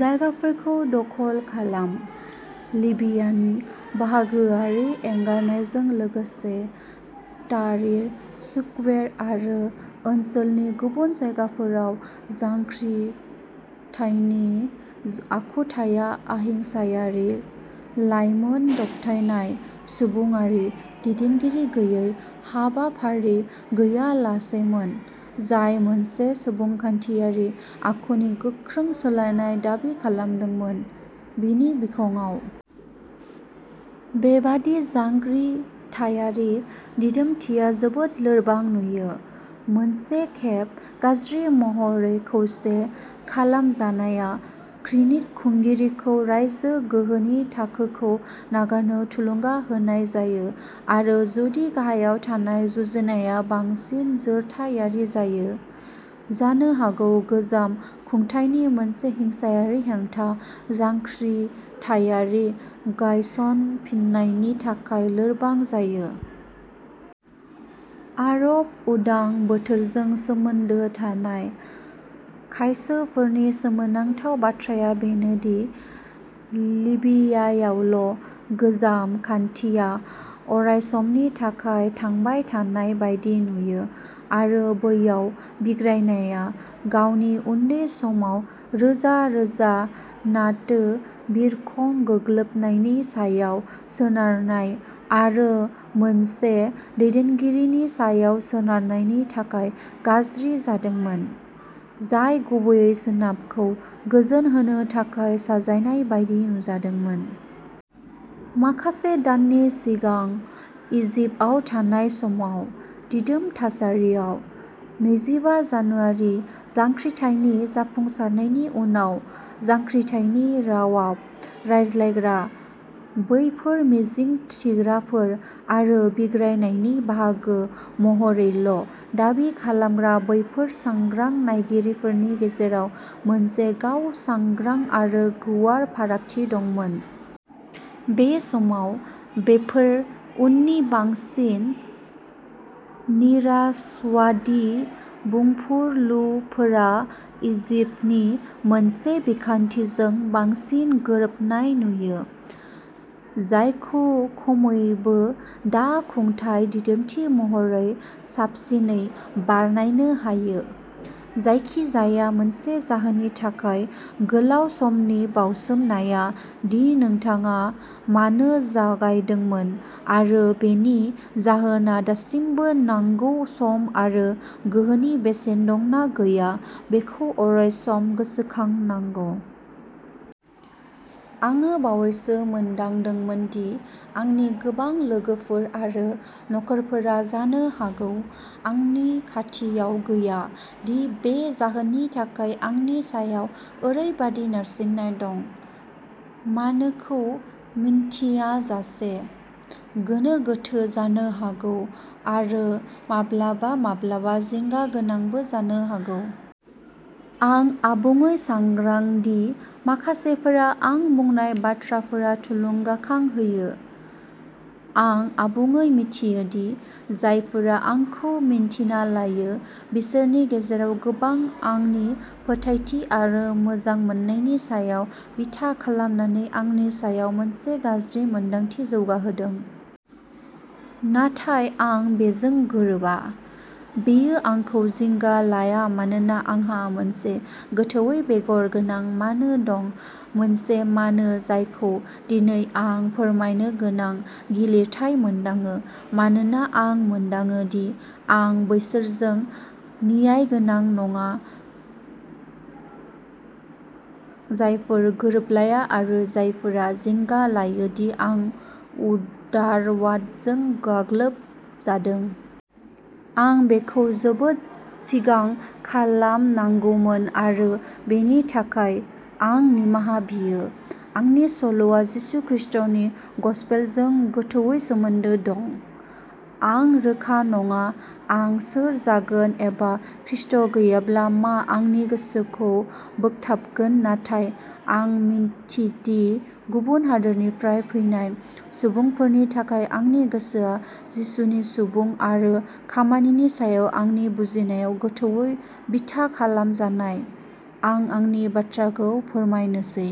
जायगाफोरखौ दखल खालाम। लिबियानि बाहागोआरि एंगारनायजों लोगोसे ताहरिर स्कुवेर आरो ओनसोलनि गुबुन जायगाफोराव जांख्रिथायनि आखुथाया अहिंसायारि, लाइमोन दबथायनाय, सुबुंआरि, दैदेनगिरि गैयै, हाबाफारि गैयालासेमोन, जाय मोनसे सुबुंखान्थियारि आखुनि गोख्रों सोलायनाय दाबि खालामदोंमोन। बेनि बिखंआव बेबादि जांख्रिथायारि दिदोमथिया जोबोद लोरबां नुयो, मोनसे खेब गाज्रि महरै खौसे खालामजानाय घृणित खुंगिरिखौ रायजो गोहोनि थाखोखौ नागारनो थुलुंगा होनाय जायो आरो जुदि गाहायाव थानाय जुजिनाया बांसिन जोरथायारि जायो, जानो हागौ गोजाम खुंथायनि मोनसे हिंसायारि हेंथा जांख्रिथायारि गायसनफिन्नायनि थाखाय लोरबां जायो। आरब उदां बोथोरजों सोमोन्दो थानाय खायसोफोरनि सोमोनांथाव बाथ्राया बेनो दि लिबियायावल' गोजाम खान्थिया अरायसमनि थाखाय थांबाय थानाय बायदि नुयो आरो बैयाव बिग्रायनाया गावनि उन्दै समाव रोजा-रोजा नाटो बिरखं गाग्लोबनायनि सायाव सोनारनाय आरो मोनसे दैदेनगिरिनि सायाव सोनारनायनि थाखाय गाज्रि जादोंमोन, जाय गुबैयै सोनाबखौ गोजोनहोनो थाखाय साजायनाय बायदि नुजादोंमोन। माखासे दाननि सिगां इजिप्टआव थानाय समाव, दिदोम थासारियाव। नैजिबा जानुआरि जांख्रिथायनि जाफुंसारनायनि उनाव जांख्रिथायनि रावाव रायज्लायग्रा बैफोर मिजिंथिग्राफोर आरो बिग्रायनायनि बाहागो महरैल' दाबि खालामग्रा बैफोर सांग्रां नायगिरिफोरनि गेजेराव मोनसे गाव-सांग्रां आरो गुवार फारागथि दंमोन। बे समाव, बेफोर उननि बांसिन निराशावादी बुंफुरलुफोरा इजिप्टनि मोनसे बिखान्थिजों बांसिन गोरोबनाय नुयो, जायखौ खमैबो दा खुंथाय दिदोमथि महरै साबसिनै बरनायनो हायो। जायखिजाया मोनसे जाहोननि थाखाय गोलाव समनि बाउसोमनाया दि नोंथाङा मानो जागायदोंमोन आरो बेनि जाहोनआ दासिमबो नांगौ सम आरो गोहोनि बेसेन दं ना गैया बेखौ अरायसम गोसोखांहोनांगौ। आं बावैसो मोनदांदोंमोन दि आंनि गोबां लोगोफोर आरो नखरफोरा जानो हागौ आंनि खाथियाव गैया दि बे जाहोननि थाखाय आंनि सायाव ओरैबादि नारसिननाय दं। मानो खौ मिन्थिङाजासे गोनो गोथो जानो हागौ आरो माब्लाबा माब्लाबा जिंगा गोनांबो जानो हागौ। आं आबुङै सांग्रां दि माखासेफोरा आं बुंनाय बाथ्राफोरा थुलुंगाखां होयो। आं आबुङै मिथियो दि जायफोरा आंखौ मिन्थिना लायो बिसोरनि गेजेराव गोबांआ आंनि फोथायथि आरो मोजांमोननायनि सायाव बिथा खालामनानै आंनि सायाव मोनसे गाज्रि मोनदांथि जौगाहोदों। नाथाय आं बेजों गोरोबा। बेयो आंखौ जिंगा लाया मानोना आंहा मोनसे गोथौवै बेगर गोनां मानो दं मोनसे मानो जायखौ दिनै आं फोरमायनो गोनां गिलिरथि मोनदाङो मानोना आं मोनदाङो दि आं बैसोरजों न्यायगोनां नङा जायफोरा गोरोबलाया आरो जायफोरा जिंगा लायो दि आं उदारवादजों गाग्लोबजादों। आं बेखौ जोबोद सिगां खालामनांगौमोन आरो बेनि थाखाय, आं निमाहा बियो। आंनि सल'आ जिसु खृस्टनि गसपेलजों गोथौवै सोमोन्दो दं। आं रोखा नङा आं सोर जागोन एबा खृष्ट गैयाब्ला मा आंनि गोसोखौ बोगथाबगोन नाथाय आं मिन्थिदि गुबुन हादोरनिफ्राय फैनाय सुबुंफोरनि थाखाय आंनि गोसोआ जिसुनि सुबुं आरो खामानिनि सायाव आंनि बुजियाव गोथौवै बिथा खालामजानाय। आं आंनि बाथ्राखौ फोरमायनोसै।